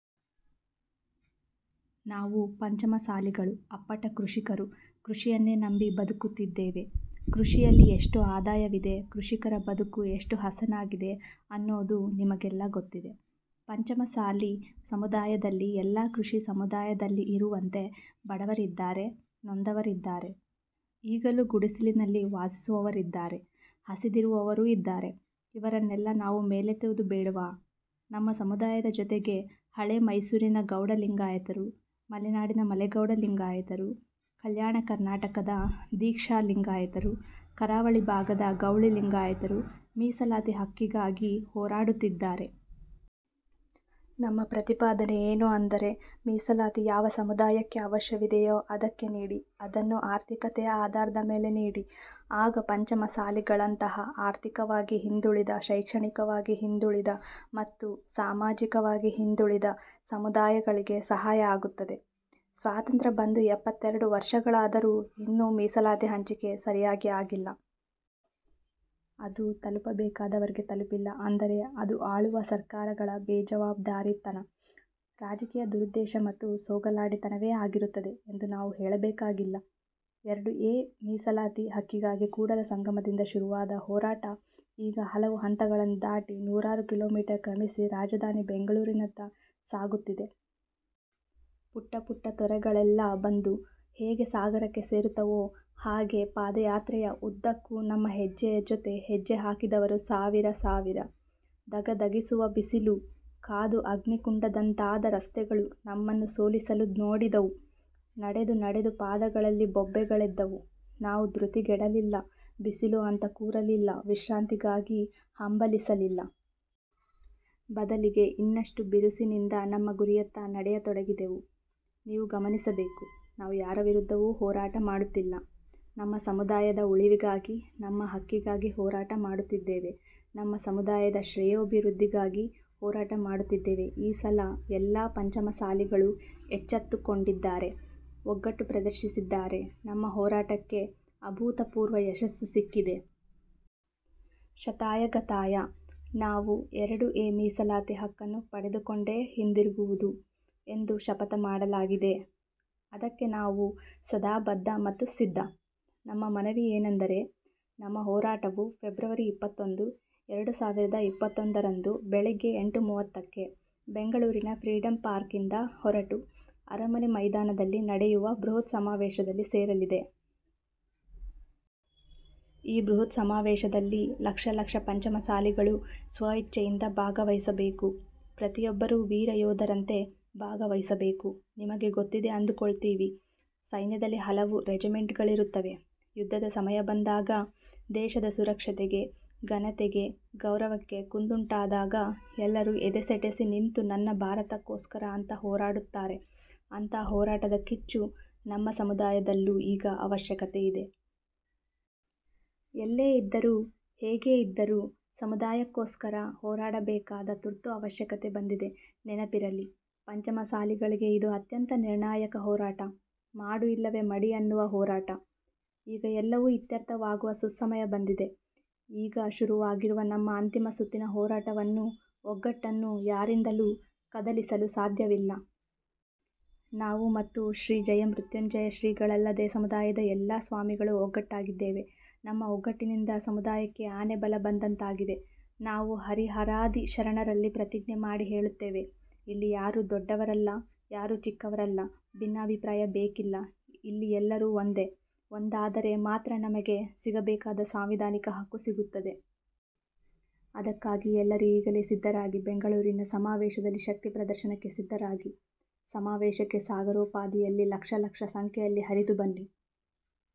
ನಾವು ಪಂಚಮಸಾಲಿಗಳು ಅಪ್ಪಟ ಕೃಷಿಕರು. ಕೃಷಿಯನ್ನೇ ನಂಬಿ ಬದುಕುತ್ತಿದ್ದೇವೆ. ಕೃಷಿಯಲ್ಲಿ ಎಷ್ಟುಆದಾಯವಿದೆ, ಕೃಷಿಕರ ಬದುಕು ಎಷ್ಟುಹಸನಾಗಿದೆ ಅನ್ನೋದು ನಿಮಗೆಲ್ಲಾ ಗೊತ್ತಿದೆ. ಪಂಚಮಸಾಲಿ ಸಮುದಾಯದಲ್ಲಿ ಎಲ್ಲಾ ಕೃಷಿ ಸಮುದಾಯದಲ್ಲಿರುವಂತೆ ಬಡವರಿದ್ದಾರೆ. ನೊಂದವರಿದ್ದಾರೆ. ಈಗಲೂ ಗುಡಿಸಿಲಿನಲ್ಲಿ ವಾಸಿಸುವವರಿದ್ದಾರೆ. ಹಸಿದಿರುವವರೂ ಇದ್ದಾರೆ. ಇವರನ್ನೆಲ್ಲಾ ನಾವು ಮೇಲೆತ್ತುವುದು ಬೇಡವಾ? ನಮ್ಮ ಸಮುದಾಯದ ಜೊತೆಗೆ ಹಳೇ ಮೈಸೂರಿನ ಗೌಡ ಲಿಂಗಾಯತರು, ಮಲೆನಾಡಿನ ಮಲೆಗೌಡ ಲಿಂಗಾಯತರು, ಕಲ್ಯಾಣ ಕರ್ನಾಟಕದ ದಿಕ್ಷಾ ಲಿಂಗಾಯತರು, ಕರಾವಳಿ ಭಾಗದ ಗೌಳಿ ಲಿಂಗಾಯತರು ಮೀಸಲಾತಿ ಹಕ್ಕಿಗಾಗಿ ಹೋರಾಡುತ್ತಿದ್ದಾರೆ. ನಮ್ಮ ಪ್ರತಿಪಾದನೆ ಏನು ಅಂದರೆ, ಮೀಸಲಾತಿ ಯಾವ ಸಮುದಾಯಕ್ಕೆ ಅವಶ್ಯವಿದೆಯೋ ಅದಕ್ಕೆ ನೀಡಿ. ಅದನ್ನು ಆರ್ಥಿಕತೆಯ ಆಧಾರದ ಮೇಲೆ ನೀಡಿ. ಆಗ ಪಂಚಮಸಾಲಿಗಳಂತಹ ಆರ್ಥಿಕವಾಗಿ ಹಿಂದುಳಿದ ಶೈಕ್ಷಣಿಕವಾಗಿ ಹಿಂದುಳಿದ ಮತ್ತು ಸಾಮಾಜಿಕವಾಗಿ ಹಿಂದುಳಿದ ಸಮುದಾಯಗಳಿಗೆ ಸಹಾಯ ಆಗುತ್ತದೆ. ಸ್ವಾತಂತ್ರ್ಯ ಬಂದು ಎಪ್ಪತ್ತೆರಡು ವರ್ಷಗಳಾದರೂ ಇನ್ನೂ ಮೀಸಲಾತಿ ಹಂಚಿಕೆ ಸರಿಯಾಗಿ ಆಗಿಲ್ಲ. ಅದು ತಲುಪಬೇಕಾದವರಿಗೆ ತಲುಪಿಲ್ಲ ಅಂದರೆ ಅದು ಆಳುವ ಸರ್ಕಾರಗಳ ಬೇಜವಾಬ್ದಾರಿತನ, ರಾಜಕೀಯ ದುರುದ್ದೇಶ ಮತ್ತು ಸೋಗಲಾಡಿತನವೇ ಆಗಿರುತ್ತದೆ ಎಂದು ನಾವು ಹೇಳಬೇಕಾಗಿಲ್ಲ. ಎರಡು ಎ ಮೀಸಲಾತಿ ಹಕ್ಕಿಗಾಗಿ ಕೂಡಲಸಂಗಮದಿಂದ ಶುರುವಾದ ಹೋರಾಟ ಈಗ ಹಲವು ಹಂತಗಳನ್ನು ದಾಟಿ, ನೂರಾರು ಕಿಲೋಮೀಟರ್ ಕ್ರಮಿಸಿ ರಾಜಧಾನಿ ಬೆಂಗಳೂರಿನತ್ತ ಸಾಗುತ್ತಿದೆ. ಪುಟ್ಟಪುಟ್ಟತೊರೆಗಳೆಲ್ಲಾ ಬಂದು ಹೇಗೆ ಸಾಗರಕ್ಕೆ ಸೇರುತ್ತವೋ ಹಾಗೆ ಪಾದಯಾತ್ರೆಯ ಉದ್ದಕ್ಕೂ ನಮ್ಮ ಹೆಜ್ಜೆಯ ಜೊತೆ ಹೆಜ್ಜೆ ಹಾಕಿದವರು ಸಾವಿರ ಸಾವಿರ. ಧಗಧಗಿಸುವ ಬಿಸಿಲು, ಕಾದು ಅಗ್ನಿಕುಂಡದಂತಾದ ರಸ್ತೆಗಳು ನಮ್ಮನ್ನು ಸೋಲಿಸಲು ನೋಡಿದವು. ನಡೆದು ನಡೆದು ಪಾದಗಳಲ್ಲಿ ಬೊಬ್ಬೆಗಳೆದ್ದವು. ನಾವು ಧೃತಿಗೆಡಲಿಲ್ಲ. ಬಿಸಿಲು ಅಂತ ಕೂರಲಿಲ್ಲ. ವಿಶ್ರಾಂತಿಗಾಗಿ ಹಂಬಲಿಸಲಿಲ್ಲ. ಬದಲಿಗೆ ಇನ್ನಷ್ಟುಬಿರುಸಿನಿಂದ ನಮ್ಮ ಗುರಿಯತ್ತ ನಡೆಯತೊಡಗಿದೆವು. ನೀವು ಗಮನಿಸಬೇಕು, ನಾವು ಯಾರ ವಿರುದ್ಧವೂ ಹೋರಾಟ ಮಾಡುತ್ತಿಲ್ಲ. ನಮ್ಮ ಸಮುದಾಯದ ಉಳಿವಿಗಾಗಿ ನಮ್ಮ ಹಕ್ಕಿಗಾಗಿ ಹೋರಾಟ ಮಾಡುತ್ತಿದ್ದೇವೆ. ನಮ್ಮ ಸಮುದಾಯದ ಶ್ರೇಯೋಭಿವೃದ್ಧಿಗಾಗಿ ಹೋರಾಟ ಮಾಡುತ್ತಿದ್ದೇವೆ. ಈ ಸಲ ಎಲ್ಲಾ ಪಂಚಮಸಾಲಿಗಳೂ ಎಚ್ಚತ್ತುಕೊಂಡಿದ್ದಾರೆ. ಒಗ್ಗಟ್ಟು ಪ್ರದರ್ಶಿಸಿದ್ದಾರೆ. ನಮ್ಮ ಹೋರಾಟಕ್ಕೆ ಅಭೂತಪೂರ್ವ ಯಶಸ್ಸು ಸಿಕ್ಕಿದೆ. ಶತಾಯಗತಾಯ ನಾವು ಎರಡು ಎ ಮೀಸಲಾತಿ ಹಕ್ಕನ್ನು ಪಡೆದುಕೊಂಡೇ ಹಿಂದಿರುಗುವುದು ಎಂದು ಶಪಥ ಮಾಡಲಾಗಿದೆ. ಅದಕ್ಕೆ ನಾವು ಸದಾ ಬದ್ಧ ಮತ್ತು ಸಿದ್ಧ. ನಮ್ಮ ಮನವಿಯೇನೆಂದರೆ, ನಮ್ಮ ಹೋರಾಟವು ಫೆಬ್ರವರಿ ಇಪ್ಪತ್ತೊಂದು, ಎರಡು ಸಾವಿರದ ಇಪ್ಪತ್ತೊಂದರಂದು ಬೆಳಗ್ಗೆ ಎಂಟು ಮೂವತ್ತಕ್ಕೆ ಬೆಂಗಳೂರಿನ ಫ್ರೀಡಂ ಪಾರ್ಕ್ನಿಂದ ಹೊರಟು ಅರಮನೆ ಮೈದಾನದಲ್ಲಿ ನಡೆಯುವ ಬೃಹತ್ ಸಮಾವೇಶದಲ್ಲಿ ಸೇರಲಿದೆ. ಈ ಬೃಹತ್ ಸಮಾವೇಶದಲ್ಲಿ ಲಕ್ಷಲಕ್ಷ ಪಂಚಮಸಾಲಿಗಳು ಸ್ವಇಚ್ಛೆಯಿಂದ ಭಾಗವಹಿಸಬೇಕು. ಪ್ರತಿಯೊಬ್ಬರೂ ವೀರ ಯೋಧರಂತೆ ಭಾಗವಹಿಸಬೇಕು. ನಿಮಗೆ ಗೊತ್ತಿದೆ ಅಂದುಕೊಳ್ತೀವಿ. ಸೈನ್ಯದಲ್ಲಿ ಹಲವು ರೆಜಿಮೆಂಟ್ಗಳಿರುತ್ತವೆ. ಯುದ್ಧದ ಸಮಯ ಬಂದಾಗ, ದೇಶದ ಸುರಕ್ಷತೆಗೆ ಘನತೆಗೆ ಗೌರವಕ್ಕೆ ಕುಂದುಂಟಾದಾಗ ಎಲ್ಲರೂ ಎದೆಸೆಟೆಸಿ ನಿಂತು ನನ್ನ ಭಾರತಕ್ಕೋಸ್ಕರ ಅಂತ ಹೋರಾಡುತ್ತಾರೆ. ಅಂಥ ಹೋರಾಟದ ಕಿಚ್ಚು ನಮ್ಮ ಸಮುದಾಯದಲ್ಲೂ ಈಗ ಅವಶ್ಯಕತೆ ಇದೆ. ಎಲ್ಲೇ ಇದ್ದರೂ ಹೇಗೆ ಇದ್ದರೂ ಸಮುದಾಯಕ್ಕೋಸ್ಕರ ಹೋರಾಡಬೇಕಾದ ತುರ್ತು ಅವಶ್ಯಕತೆ ಬಂದಿದೆ. ನೆನಪಿರಲಿ, ಪಂಚಮಸಾಲಿಗಳಿಗೆ ಇದು ಅತ್ಯಂತ ನಿರ್ಣಾಯಕ ಹೋರಾಟ. ಮಾಡು ಇಲ್ಲವೆ ಮಡಿ ಅನ್ನುವ ಹೋರಾಟ. ಈಗ ಎಲ್ಲವೂ ಇತ್ಯರ್ಥವಾಗುವ ಸುಸಮಯ ಬಂದಿದೆ. ಈಗ ಶುರುವಾಗಿರುವ ನಮ್ಮ ಅಂತಿಮ ಸುತ್ತಿನ ಹೋರಾಟವನ್ನು, ಒಗ್ಗಟ್ಟನ್ನು ಯಾರಿಂದಲೂ ಕದಲಿಸಲು ಸಾಧ್ಯವಿಲ್ಲ. ನಾವು ಮತ್ತು ಶ್ರೀ ಜಯಮೃತ್ಯುಂಜಯ ಶ್ರೀಗಳಲ್ಲದೆ ಸಮುದಾಯದ ಎಲ್ಲಾ ಸ್ವಾಮಿಗಳು ಒಗ್ಗಟ್ಟಾಗಿದ್ದೇವೆ. ನಮ್ಮ ಒಗ್ಗಟ್ಟಿನಿಂದ ಸಮುದಾಯಕ್ಕೆ ಆನೆ ಬಲ ಬಂದಂತಾಗಿದೆ. ನಾವು ಹರಿಹರಾದಿ ಶರಣರಲ್ಲಿ ಪ್ರತಿಜ್ಞೆ ಮಾಡಿ ಹೇಳುತ್ತೇವೆ, ಇಲ್ಲಿ ಯಾರೂ ದೊಡ್ಡವರಲ್ಲ. ಯಾರೂ ಚಿಕ್ಕವರಲ್ಲ. ಭಿನ್ನಾಭಿಪ್ರಾಯ ಬೇಕಿಲ್ಲ. ಇಲ್ಲಿ ಎಲ್ಲರೂ ಒಂದೆ. ಒಂದಾದರೆ ಮಾತ್ರ ನಮಗೆ ಸಿಗಬೇಕಾದ ಸಾಂವಿಧಾನಿಕ ಹಕ್ಕು ಸಿಗುತ್ತದೆ. ಅದಕ್ಕಾಗಿ ಎಲ್ಲರೂ ಈಗಲೇ ಸಿದ್ಧರಾಗಿ. ಬೆಂಗಳೂರಿನ ಸಮಾವೇಶದಲ್ಲಿ ಶಕ್ತಿ ಪ್ರದರ್ಶನಕ್ಕೆ ಸಿದ್ಧರಾಗಿ. ಸಮಾವೇಶಕ್ಕೆ ಸಾಗರೋಪಾದಿಯಲ್ಲಿ ಲಕ್ಷ ಲಕ್ಷ ಸಂಖ್ಯೆಯಲ್ಲಿ ಹರಿದುಬನ್ನಿ.